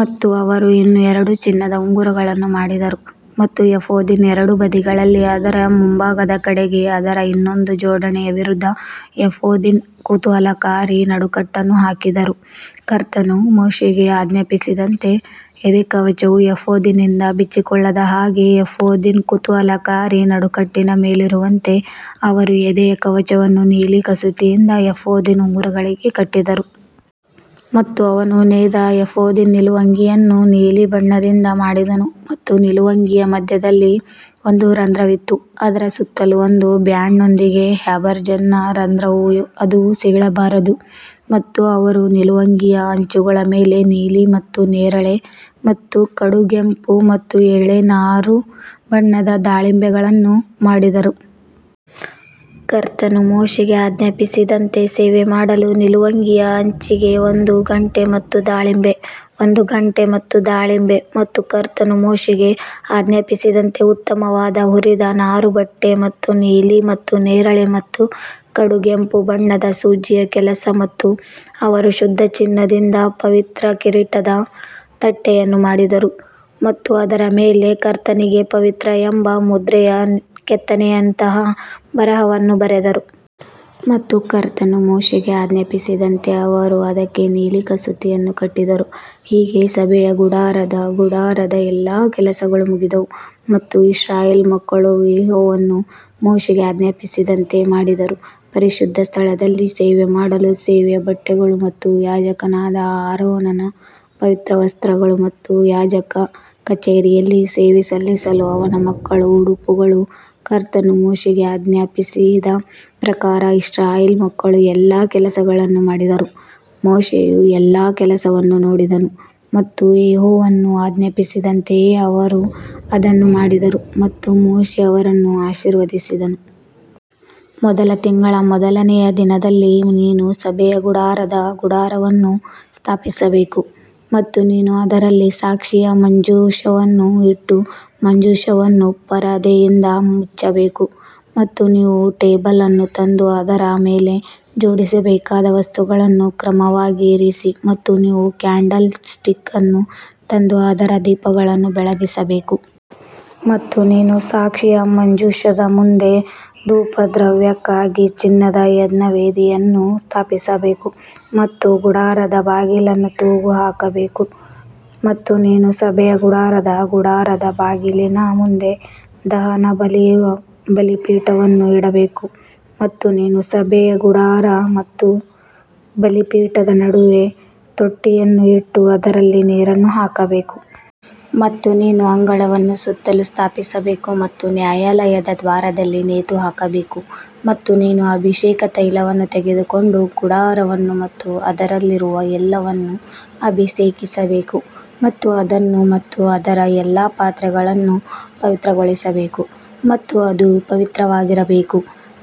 ಮತ್ತು ಅವರು ಇನ್ನೂ ಎರಡು ಚಿನ್ನದ ಉಂಗುರಗಳನ್ನು ಮಾಡಿದರು ಮತ್ತು ಎಫೋದಿನ ಎರಡು ಬದಿಗಳಲ್ಲಿ ಅದರ ಮುಂಭಾಗದ ಕಡೆಗೆ ಅದರ ಇನ್ನೊಂದು ಜೋಡಣೆಯ ವಿರುದ್ಧ ಎಫೋದಿನ ಕುತೂಹಲಕಾರಿ ನಡುಕಟ್ಟನ್ನು ಹಾಕಿದರು. ಕರ್ತನು ಮೋಶೆಗೆ ಆಜ್ಞಾಪಿಸಿದಂತೆ ಎದೆಕವಚವು ಏಫೋದಿನಿಂದ ಬಿಚ್ಚಿಕೊಳ್ಳದ ಹಾಗೆ ಎಫೋದಿನ ಕುತೂಹಲಕಾರಿ ನಡುಕಟ್ಟಿನ ಮೇಲಿರುವಂತೆ ಅವರು ಎದೆಯ ಕವಚವನ್ನು ನೀಲಿ ಕಸೂತಿಯಿಂದ ಏಫೋದಿನ ಉಂಗುರಗಳಿಗೆ ಕಟ್ಟಿದರು. ಮತ್ತು ಅವನು ನೇಯ್ದ ಎಫೋದಿನ ನಿಲುವಂಗಿಯನ್ನು ನೀಲಿ ಬಣ್ಣದಿಂದ ಮಾಡಿದನು ಮತ್ತು ನಿಲುವಂಗಿಯ ಮಧ್ಯದಲ್ಲಿ ಒಂದು ರಂಧ್ರವಿತ್ತು, ಅದರ ಸುತ್ತಲೂ ಒಂದು ಬ್ಯಾಂಡ್ನೊಂದಿಗೆ ಹ್ಯಾಬರ್ಜನ್ನ ರಂಧ್ರವು ಅದು ಸೀಳಬಾರದು. ಮತ್ತು ಅವರು ನಿಲುವಂಗಿಯ ಅಂಚುಗಳ ಮೇಲೆ ನೀಲಿ ಮತ್ತು ನೇರಳೆ ಮತ್ತು ಕಡುಗೆಂಪು ಮತ್ತು ಎಳೆ ನಾರುಬಣ್ಣದ ದಾಳಿಂಬೆಗಳನ್ನು ಮಾಡಿದರು. ಕರ್ತನು ಮೋಶೆಗೆ ಆಜ್ಞಾಪಿಸಿದಂತೆ ಸೇವೆಮಾಡಲು ನಿಲುವಂಗಿಯ ಅಂಚಿಗೆ ಒಂದು ಗಂಟೆ ಮತ್ತು ದಾಳಿಂಬೆ ಒಂದು ಗಂಟೆ ಮತ್ತು ದಾಳಿಂಬೆ ಮತ್ತು ಕರ್ತನು ಮೋಶೆಗೆ ಆಜ್ಞಾಪಿಸಿದಂತೆ ಉತ್ತಮವಾದ ಹುರಿದ ನಾರುಬಟ್ಟೆ ಮತ್ತು ನೀಲಿ ಮತ್ತು ನೇರಳೆ ಮತ್ತು ಕಡುಗೆಂಪು ಬಣ್ಣದ ಸೂಜಿಯ ಕೆಲಸ ಮತ್ತು ಅವರು ಶುದ್ಧ ಚಿನ್ನದಿಂದ ಪವಿತ್ರ ಕಿರೀಟದ ತಟ್ಟೆಯನ್ನು ಮಾಡಿದರು ಮತ್ತು ಅದರ ಮೇಲೆ ಕರ್ತನಿಗೆ ಪವಿತ್ರ ಎಂಬ ಮುದ್ರೆಯ ಕೆತ್ತನೆಯಂತಹ ಬರಹವನ್ನು ಬರೆದರು. ಮತ್ತು ಕರ್ತನು ಮೋಶೆಗೆ ಆಜ್ಞಾಪಿಸಿದಂತೆ ಅವರು ಅದಕ್ಕೆ ನೀಲಿ ಕಸೂತಿಯನ್ನು ಕಟ್ಟಿದರು. ಹೀಗೆ ಸಭೆಯ ಗುಡಾರದ ಗುಡಾರದ ಎಲ್ಲಾ ಕೆಲಸಗಳು ಮುಗಿದವು ಮತ್ತು ಇಸ್ರಾಯೇಲ್ ಮಕ್ಕಳು ಯೆಹೋವನು ಮೋಶೆಗೆ ಆಜ್ಞಾಪಿಸಿದಂತೆಯೇ ಮಾಡಿದರು. ಪರಿಶುದ್ಧ ಸ್ಥಳದಲ್ಲಿ ಸೇವೆಮಾಡಲು ಸೇವೆಯ ಬಟ್ಟೆಗಳು ಮತ್ತು ಯಾಜಕನಾದ ಆರೋನನ ಪವಿತ್ರ ವಸ್ತ್ರಗಳು ಮತ್ತು ಯಾಜಕ ಕಚೇರಿಯಲ್ಲಿ ಸೇವೆ ಸಲ್ಲಿಸಲು ಅವನ ಮಕ್ಕಳ ಉಡುಪುಗಳು ಕರ್ತನು ಮೋಶೆಗೆ ಆಜ್ಞಾಪಿಸಿದ ಪ್ರಕಾರ ಇಸ್ರಾಯೇಲ್ ಮಕ್ಕಳು ಎಲ್ಲಾ ಕೆಲಸಗಳನ್ನು ಮಾಡಿದರು ಮೋಶೆಯು ಎಲ್ಲಾ ಕೆಲಸವನ್ನು ನೋಡಿದನು ಮತ್ತು ಯೆಹೋವನು ಆಜ್ಞಾಪಿಸಿದಂತೆಯೇ ಅವರು ಅದನ್ನು ಮಾಡಿದರು ಮತ್ತು ಮೋಶೆ ಅವರನ್ನು ಆಶೀರ್ವದಿಸಿದನು. ಮೊದಲ ತಿಂಗಳ ಮೊದಲನೆಯ ದಿನದಲ್ಲಿ ನೀನು ಸಭೆಯ ಗುಡಾರದ ಗುಡಾರವನ್ನು ಸ್ಥಾಪಿಸಬೇಕು. ಮತ್ತು ನೀನು ಅದರಲ್ಲಿ ಸಾಕ್ಷಿಯ ಮಂಜೂಷವನ್ನು ಇಟ್ಟು ಮಂಜೂಷವನ್ನು ಪರದೆಯಿಂದ ಮುಚ್ಚಬೇಕು ಮತ್ತು ನೀವು ಟೇಬಲ್ ಅನ್ನು ತಂದು ಅದರ ಮೇಲೆ ಜೋಡಿಸಬೇಕಾದ ವಸ್ತುಗಳನ್ನು ಕ್ರಮವಾಗಿ ಇರಿಸಿ ಮತ್ತು ನೀವು ಕ್ಯಾಂಡಲ್ ಸ್ಟಿಕ್ ಅನ್ನು ತಂದು ಅದರ ದೀಪಗಳನ್ನು ಬೆಳಗಿಸಬೇಕು. ಮತ್ತು ನೀನು ಸಾಕ್ಷಿಯ ಮಂಜೂಷದ ಮುಂದೆ ಧೂಪದ್ರವ್ಯಕ್ಕಾಗಿ ಚಿನ್ನದ ಯಜ್ಞವೇದಿಯನ್ನು ಸ್ಥಾಪಿಸಬೇಕು ಮತ್ತು ಗುಡಾರದ ಬಾಗಿಲನ್ನು ತೂಗು ಹಾಕಬೇಕು. ಮತ್ತು ನೀನು ಸಭೆಯ ಗುಡಾರದ ಗುಡಾರದ ಬಾಗಿಲಿನ ಮುಂದೆ ದಹನಬಲಿಯ ಬಲಿಪೀಠವನ್ನು ಇಡಬೇಕು. ಮತ್ತು ನೀನು ಸಭೆಯ ಗುಡಾರ ಮತ್ತು ಬಲಿಪೀಠದ ನಡುವೆ ತೊಟ್ಟಿಯನ್ನು ಇಟ್ಟು ಅದರಲ್ಲಿ ನೀರನ್ನು ಹಾಕಬೇಕು. ಮತ್ತು ನೀನು ಅಂಗಳವನ್ನು ಸುತ್ತಲೂ ಸ್ಥಾಪಿಸಬೇಕು ಮತ್ತು ನ್ಯಾಯಾಲಯದ ದ್ವಾರದಲ್ಲಿ ನೇತುಹಾಕಬೇಕು ಮತ್ತು ನೀನು ಅಭಿಷೇಕ ತೈಲವನ್ನು ತೆಗೆದುಕೊಂಡು ಗುಡಾರವನ್ನು ಮತ್ತು ಅದರಲ್ಲಿರುವ ಎಲ್ಲವನ್ನೂ ಅಭಿಷೇಕಿಸಬೇಕು ಮತ್ತು ಅದನ್ನು ಮತ್ತು ಅದರ ಎಲ್ಲಾ ಪಾತ್ರೆಗಳನ್ನು ಪವಿತ್ರಗೊಳಿಸಬೇಕು ಮತ್ತು ಅದು ಪವಿತ್ರವಾಗಿರಬೇಕು.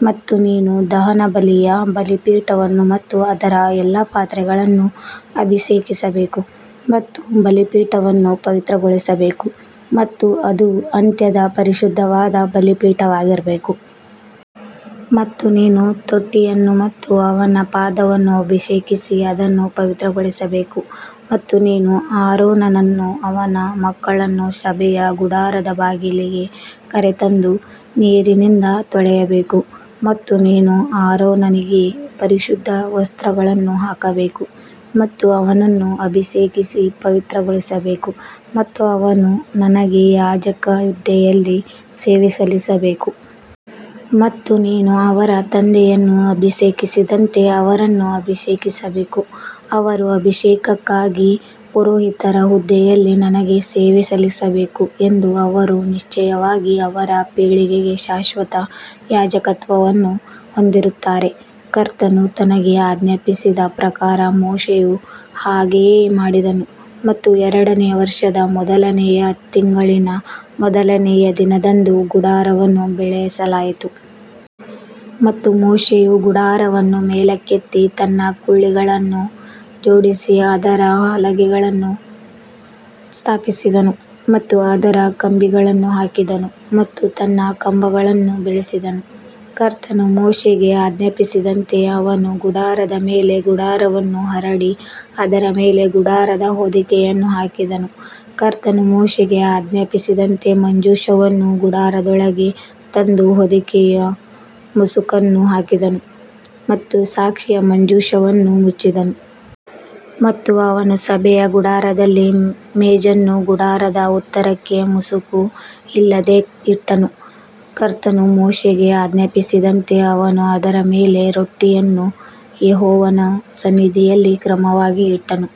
ಮತ್ತು ನೀನು ದಹನಬಲಿಯ ಬಲಿಪೀಠವನ್ನು ಮತ್ತು ಅದರ ಎಲ್ಲಾ ಪಾತ್ರೆಗಳನ್ನು ಅಭಿಷೇಕಿಸಬೇಕು ಮತ್ತು ಬಲಿಪೀಠವನ್ನು ಪವಿತ್ರಗೊಳಿಸಬೇಕು ಮತ್ತು ಅದು ಅತ್ಯಂತ ಪರಿಶುದ್ಧವಾದ ಬಲಿಪೀಠವಾಗಿರಬೇಕು. ಮತ್ತು ನೀನು ತೊಟ್ಟಿಯನ್ನು ಮತ್ತು ಅವನ ಪಾದವನ್ನು ಅಭಿಷೇಕಿಸಿ ಅದನ್ನು ಪವಿತ್ರಗೊಳಿಸಬೇಕು ಮತ್ತು ನೀನು ಆರೋನನನ್ನೂ ಅವನ ಮಕ್ಕಳನ್ನೂ ಸಭೆಯ ಗುಡಾರದ ಬಾಗಿಲಿಗೆ ಕರೆತಂದು ನೀರಿನಿಂದ ತೊಳೆಯಬೇಕು. ಮತ್ತು ನೀನು ಆರೋನನಿಗೆ ಪರಿಶುದ್ಧ ವಸ್ತ್ರಗಳನ್ನು ಹಾಕಬೇಕು ಮತ್ತು ಅವನನ್ನು ಅಭಿಷೇಕಿಸಿ ಪವಿತ್ರಗೊಳಿಸಬೇಕು ಮತ್ತು ಅವನು ನನಗೆ ಯಾಜಕ ಹುದ್ದೆಯಲ್ಲಿ ಸೇವೆ ಸಲ್ಲಿಸಬೇಕು. ಮತ್ತು ನೀನು ಅವರ ತಂದೆಯನ್ನು ಅಭಿಷೇಕಿಸಿದಂತೆ ಅವರನ್ನು ಅಭಿಷೇಕಿಸಬೇಕು, ಅವರು ಅಭಿಷೇಕಕ್ಕಾಗಿ ಪುರೋಹಿತರ ಹುದ್ದೆಯಲ್ಲಿ ನನಗೆ ಸೇವೆ ಸಲ್ಲಿಸಬೇಕು ಎಂದು ಅವರು ನಿಶ್ಚಯವಾಗಿ ಅವರ ಪೀಳಿಗೆಗೆ ಶಾಶ್ವತ ಯಾಜಕತ್ವವನ್ನು ಹೊಂದಿರುತ್ತಾರೆ. ಕರ್ತನು ತನಗೆ ಆಜ್ಞಾಪಿಸಿದ ಪ್ರಕಾರ ಮೋಶೆಯು ಹಾಗೆಯೇ ಮಾಡಿದನು ಮತ್ತು ಎರಡನೆಯ ವರ್ಷದ ಮೊದಲನೆಯ ತಿಂಗಳಿನ ಮೊದಲನೆಯ ದಿನದಂದು ಗುಡಾರವನ್ನು ಬೆಳೆಸಲಾಯಿತು. ಮತ್ತು ಮೋಶೆಯು ಗುಡಾರವನ್ನು ಮೇಲಕ್ಕೆತ್ತಿ ತನ್ನ ಕುಳಿಗಳನ್ನು ಜೋಡಿಸಿ ಅದರ ಹಲಗೆಗಳನ್ನು ಸ್ಥಾಪಿಸಿದನು ಮತ್ತು ಅದರ ಕಂಬಿಗಳನ್ನು ಹಾಕಿದನು ಮತ್ತು ತನ್ನ ಕಂಬಗಳನ್ನು ಬೆಳೆಸಿದನು. ಕರ್ತನು ಮೋಶೆಗೆ ಆಜ್ಞಾಪಿಸಿದಂತೆ ಅವನು ಗುಡಾರದ ಮೇಲೆ ಗುಡಾರವನ್ನು ಹರಡಿ ಅದರ ಮೇಲೆ ಗುಡಾರದ ಹೊದಿಕೆಯನ್ನು ಹಾಕಿದನು. ಕರ್ತನು ಮೋಶೆಗೆ ಆಜ್ಞಾಪಿಸಿದಂತೆ ಮಂಜೂಷವನ್ನು ಗುಡಾರದೊಳಗೆ ತಂದು ಹೊದಿಕೆಯ ಮುಸುಕನ್ನು ಹಾಕಿದನು ಮತ್ತು ಸಾಕ್ಷಿಯ ಮಂಜೂಷವನ್ನು ಮುಚ್ಚಿದನು. ಮತ್ತು ಅವನು ಸಭೆಯ ಗುಡಾರದಲ್ಲಿ ಮೇಜನ್ನು ಗುಡಾರದ ಉತ್ತರಕ್ಕೆ ಮುಸುಕು ಇಲ್ಲದೆ ಇಟ್ಟನು. ಕರ್ತನು ಮೋಶೆಗೆ ಆಜ್ಞಾಪಿಸಿದಂತೆ ಅವನು ಅದರ ಮೇಲೆ ರೊಟ್ಟಿಯನ್ನು ಯೆಹೋವನ ಸನ್ನಿಧಿಯಲ್ಲಿ ಕ್ರಮವಾಗಿ ಇಟ್ಟನು.